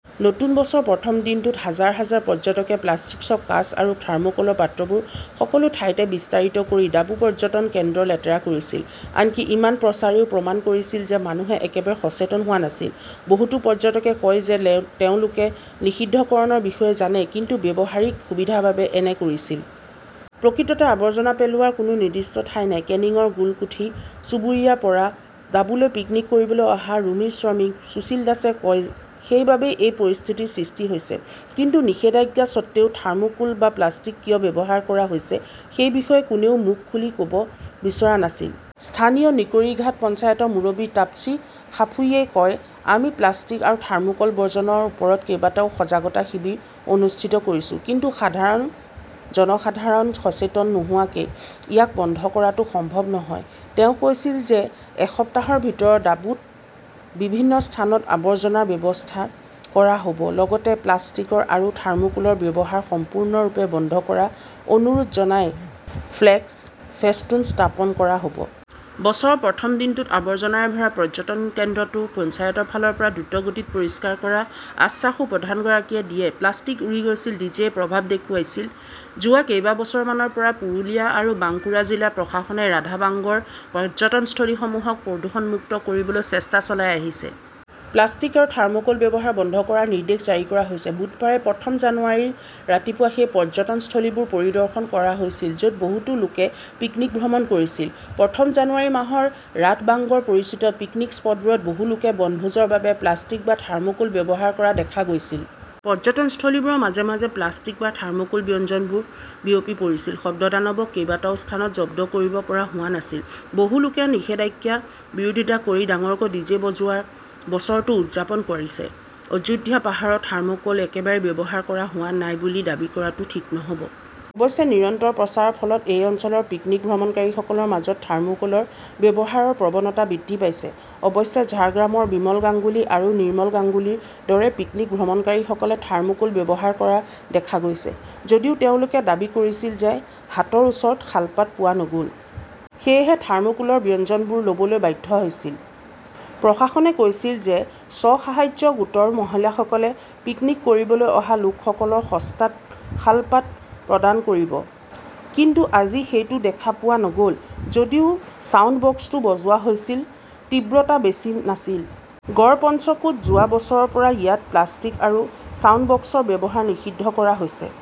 নতুন বছৰৰ প্ৰথম দিনটোত হাজাৰ -হাজাৰ পৰ্যটকে প্লাষ্টিক্সৰ কাঁচ আৰু থাৰ্মকলৰ পাত্ৰবোৰ সকলো ঠাইতে বিস্তাৰিত কৰি ডাবু পৰ্যটন কেন্দ্ৰক লেতেৰা কৰিছিল। আনকি ইমান প্ৰচাৰেও প্ৰমাণ কৰিছিল যে মানুহে একেবাৰে সচেতন হোৱা নাছিল। বহুতো পৰ্যটকে কয় যে তেওঁলোকে নিষিদ্ধকৰণৰ বিষয়ে জানে ,কিন্তু ব্যৱহাৰিক সুবিধাৰ বাবে এনে কৰিছে। প্ৰকৃততে আৱৰ্জনা পেলোৱাৰ কোনো নিৰ্দিষ্ট ঠাই নাই, কেনিংৰ গোলকুঠি চুবুৰীয়াৰ পৰা ডাবুলৈ পিকনিক কৰিবলৈ অহা ৰুমা শ্ৰমিক সুশীল দাসে কয় সেইবাবেই এই পৰিস্থিতিৰ সৃষ্টি হৈছে। কিন্তু নিষেধাজ্ঞা সত্বেও থাৰ্মোকোল বা প্লাষ্টিক কিয় ব্যৱহাৰ কৰা হৈছে সেই বিষয়ে কোনেও মুখ খুলি ক'ব বিচৰা নাছিল। স্থানীয় নিকৰিঘাটা পঞ্চায়তৰ মুৰব্বী তাপ্সী সাঁফুইয়ে কয়, আমি প্লাষ্টিক আৰু থাৰ্মোকল বৰ্জনৰ ওপৰত কেইবাটাও সজাগতা শিবিৰ অনুষ্ঠিত কৰিছো। কিন্তু সাধাৰণ জনসাধাৰণ সচেতন নোহোৱাকৈ ইয়াক বন্ধ কৰাটো সম্ভৱ নহয়। তেওঁ কৈছিল যে এসপ্তাহৰ ভিতৰত ডাবুত বিভিন্ন স্থানত আৱৰ্জনাৰ ব্যৱস্থা কৰা হ'ব লগতে প্লাষ্টিক আৰু থাৰ্মোকোলৰ ব্যৱহাৰ সম্পূৰ্ণৰূপে বন্ধ কৰাৰ অনুৰোধ জনাই ফ্লেক্স, ফেস্টুন স্থাপন কৰা হ'ব। বছৰৰ প্ৰথম দিনটোত আবৰ্জনাৰে ভৰা পৰ্যটন কেন্দ্ৰটো পঞ্চায়তৰ ফালৰ পৰা দ্ৰুতগতিত পৰিষ্কাৰ কৰাৰ আশ্বাসও প্ৰধানগৰাকীয়ে দিয়ে। প্লাষ্টিক উৰি গৈছিল, ডিজেয়ে প্ৰভাৱ দেখুৱাইছিল যোৱা কেইবছৰমানৰ পৰা পুৰুলিয়া আৰু বাংকুৰা জিলা প্ৰশাসনে ৰাধাবাংগৰ পৰ্যটনস্থলীসমূহক প্ৰদূষণমুক্ত কৰিবলৈ চেষ্টা চলাই আহিছে। প্লাষ্টিক আৰু থাৰ্মকলৰ ব্যৱহাৰ বন্ধ কৰাৰ নিৰ্দেশ জাৰি কৰা হৈছে। বুধবাৰে প্ৰথম জানুৱাৰীৰ ৰাতিপুৱা সেই পৰ্যটনস্থলীবোৰ পৰিদৰ্শন কৰা হৈছিল য'ত বহুতো লোকে পিকনীক ভ্ৰমণ কৰিছিল। প্ৰথম জানুৱাৰী মাহত ৰাধবাংগৰ পৰিচিত পিকনিক স্পটবোৰত বহু লোকে বনভোজৰ বাবে প্লাষ্টিক বা থাৰ্মোকোল ব্যৱহাৰ কৰা দেখা গৈছিল। পৰ্যটনস্থলীবোৰৰ মাজে- মাজে প্লাষ্টিক বা থাৰ্মকোলৰ ব্যঞ্জনবোৰ বিয়পি পৰিছিল। শব্দদানৱক কেইবাটাও স্থানত জব্দ কৰিব পৰা হোৱা নাছিল। বহু লোকে নিষেধাজ্ঞাৰ বিৰোধিতা কৰি ডাঙৰকৈ ডিজে বজোৱাৰ বছৰটো উদযাপন কৰিছে। অযোধ্যা পাহাৰৰ থাৰ্মোকল একেবাৰে ব্যৱহাৰ কৰা হোৱা নাই বুলি দাবী কৰাটো ঠিক নহ'ব। অৱশ্যে নিৰন্তৰ প্ৰচাৰৰ ফলত এই অঞ্চলত পিকনীক ভ্ৰমণকাৰীসকলৰ মাজত থাৰ্মোকলৰ ব্যৱহাৰৰ প্ৰৱণতা বৃদ্ধি পাইছে। অৱশ্যে ঝাৰগ্ৰামৰ বিমল গাংগুলী আৰু নিৰ্মল গাংগুলীৰ দৰে পিকনীক ভ্ৰমণকাৰীসকলে থাৰ্মোকোল ব্যৱহাৰ কৰা দেখা গৈছে। যদিও তেওঁলোকে দাবী কৰিছিল যে হাতৰ ওচৰত শালপাত পোৱা নগ'ল। সেয়েহে থাৰ্মোকোলৰ ব্যঞ্জনবোৰ ল'বলৈ বাধ্য হৈছিল। প্ৰশাসনে কৈছিল যে স্ব-সাহায্য গোটৰ মহিলাসকলে পিকনিক কৰিবলৈ অহা লোকসকলক সস্তাত শালপাত প্ৰদান কৰিব, কিন্তু আজি সেইটো দেখা পোৱা নগ'ল। যদিও ছাউণ্ড বক্সটো বজোৱা হৈছিল, তীব্ৰতা বেছি নাছিল। গড় পঞ্চকোট যোৱা বছৰৰ পৰা ইয়াত প্লাষ্টিক আৰু ছাউণ্ড বক্সৰ ব্যৱহাৰ নিষিদ্ধ কৰা হৈছে।